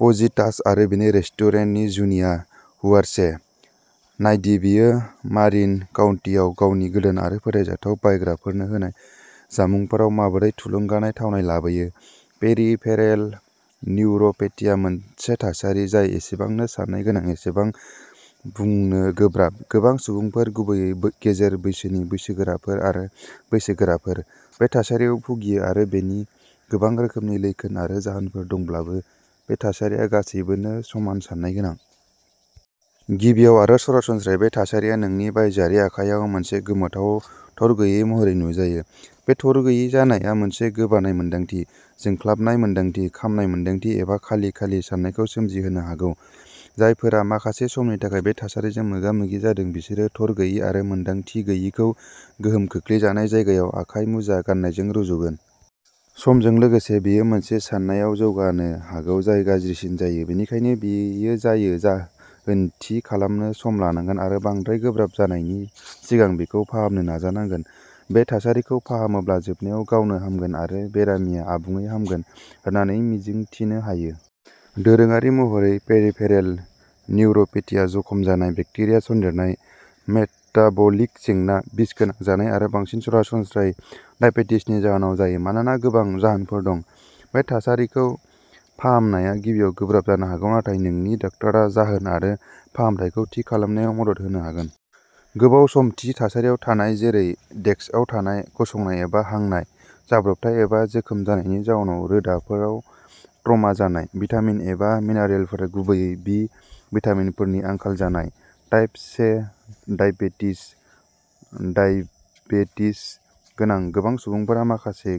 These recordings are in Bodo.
फजितास आरो बिनि रेस्टुरेन्टनि जुनिया, हुआरचे। नायदि बियो मारिन काउन्टिआव गावनि गोदान आरो फोथायजाथाव बायग्राफोरनो होनाय जामुंफोराव माबोरै थुलुंगानाय थावनाय लाबोयो। पेरिफेरेल निउर'पेथिया मोनसे थासारि जाय एसेबांनो सानाय गोनां जेसेबां बुंनो गोब्राब। गोबां सुबुंफोर, गुबैयै गेजेर बैसोनि बैसोगोराफोर आरो बैसोगोराफोर, बे थासारियाव भुगियो आरो बेनि गोबां रोखोमनि लैखोन आरो जाहोनफोर दंब्लाबो, बे थासारिया गासिबोनो समान सानाय गोनां। गिबियाव आरो सरासनस्रायै, बे थासारिया नोंनि बायजोआरि आखाइ आव मोनसे गोमोथाव थरगैयि महरै नुजायो। बे थरगैयि जानाया मोनसे गोबानाय मोनदांथि, जोंख्लाबनाय मोनदांथि, खामनाय मोनदांथि, एबा खालि खालि सानायखौ सोमजिहोनो हागौ। जायफोरा माखासे समनि थाखाय बे थासारिजों मोगा मोगि जादों बिसोर थरगैयि आरो मोनदांथि गैयैखौ गोहोम खोख्लैजानाय जायगायाव आखाइ मुजा गाननायजों रुजुगोन। समजों लोगोसे, बेयो मोनसे सानायआव जौगानो हागौ जाय गाज्रिसिन जायो, बेनिखायनो बेयो जायो। जाहोन थि खालामनो सम लानांगोन आरो बांद्राय गोब्राब जानायनि सिगां बेखौ फाहामनो नाजानांगोन। बे थासारिखौ फाहामोब्ला जोबनायाव गावनो हामगोन आरो बेरामिया आबुङै हामगोन होननानै मिजिंथिनो हायो। दोरोङारि महरै पेरिफेरेल निउर'पेथिआ जखम जानाय, बेक्टेरिया सन्देरनाय, मेटाबलिक जेंना, बिसगोनां जानाय आरो बांसिन सरासनस्रायै दाइबेटिसनि जाहोनाव जायो। मानोना गोबां जाहोनफोर दं, बे थासारिखौ फाहामनाया गिबियाव गोब्राब जानो हागौ, नाथाय नोंनि डाक्टारआ जाहोन आरो फाहामथायखौ थि खालामनायाव मदद होनो हागोन। गोबाव सम थि थासारियाव थानाय, जेरै डेस्कआव थानाय, गसंनाय एबा हांनाय। जाब्रबथाय एबा जोखोम जानायनि जाउनाव रोदाफोराव ट्रमा जानाय। भिटामिन एबा मिनारेलफोर, गुबैयै बि भिटामिनफोरनि आंखाल जानाय। टाइप से दाइबेटिस दाइबेटिस गोनां गोबां सुबुंफोरा माखासे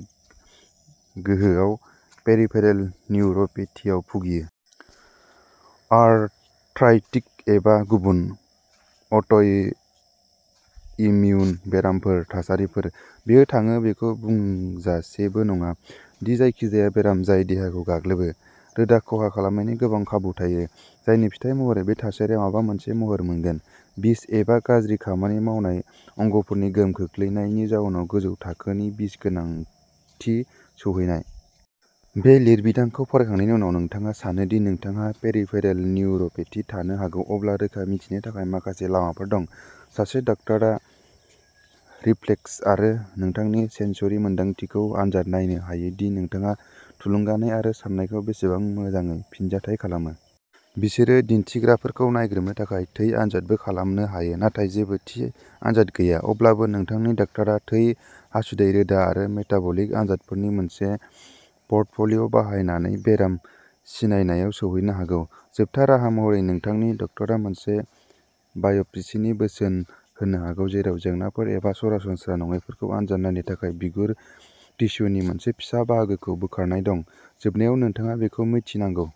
गोहोआव पेरिफेरेल निउर'पेथिआव भुगियो। आर्थ्राइटिक एबा गुबुन अट'इमिउन बेरामफोर थासारिफोर। बेयो थाङो बेखौ बुंजासेबो नङा दि जायखिजाया बेराम जाय देहाखौ गाग्लोबो, रोदा खहा खालामनायनि गोबां खाबु थायो, जायनि फिथाय महरै बे थासारिया माबा मोनसे महर मोनगोन। बिस एबा गाज्रि खामानि मावनाय अंगफोरनि गोहोम गोग्लैनायनि जाउनाव गोजौ थाखोनि बिसगोनांथि सौहैनाय। बे लिरबिदांखौ फरायखांनायनि उनाव नोंथाङा सानो दि नोंथांहा पेरिफेरेल निउर'पेथि थानो हागौ, अब्ला रोखा मिथिनो थाखाय माखासे लामाफोर दं। सासे डाक्टारा रिफ्लेक्स आरो नोंथांनि सेन्सरि मोनदांथिखौ आनजाद नायनो हायो दि नोंथाङा थुलुंगानाय आरो सानायखौ बेसेबां मोजाङै फिनजाथाय खालामो। बिसोरो दिन्थिग्राफोरखौ नायग्रोमनो थाखाय थै आनजादबो खालामनो हायो, नाथाय जेबो थि आनजाद गैया। अब्लाबो, नोंथांनि डाक्टारा थै, हासुदै, रोदा आरो मेटाबलिक आनजादफोरनि मोनसे प'र्टफ'लिय' बाहायनानै बेराम सिनायनायाव सौहैनो हागौ। जोबथा राहा महरै, नोंथांनि डाक्टारा मोनसे बाय'प्सीनि बोसोन होनो हागौ, जेराव जेंनाफोर एबा सरासनस्रा नङैफोरखौ आनजाद नायनो थाखाय बिगुर टिस्युनि मोनसे फिसा बाहागोखौ बोखारनाय दं। जोबनायाव, नोंथाङा बेखौ मिथिनांगौ।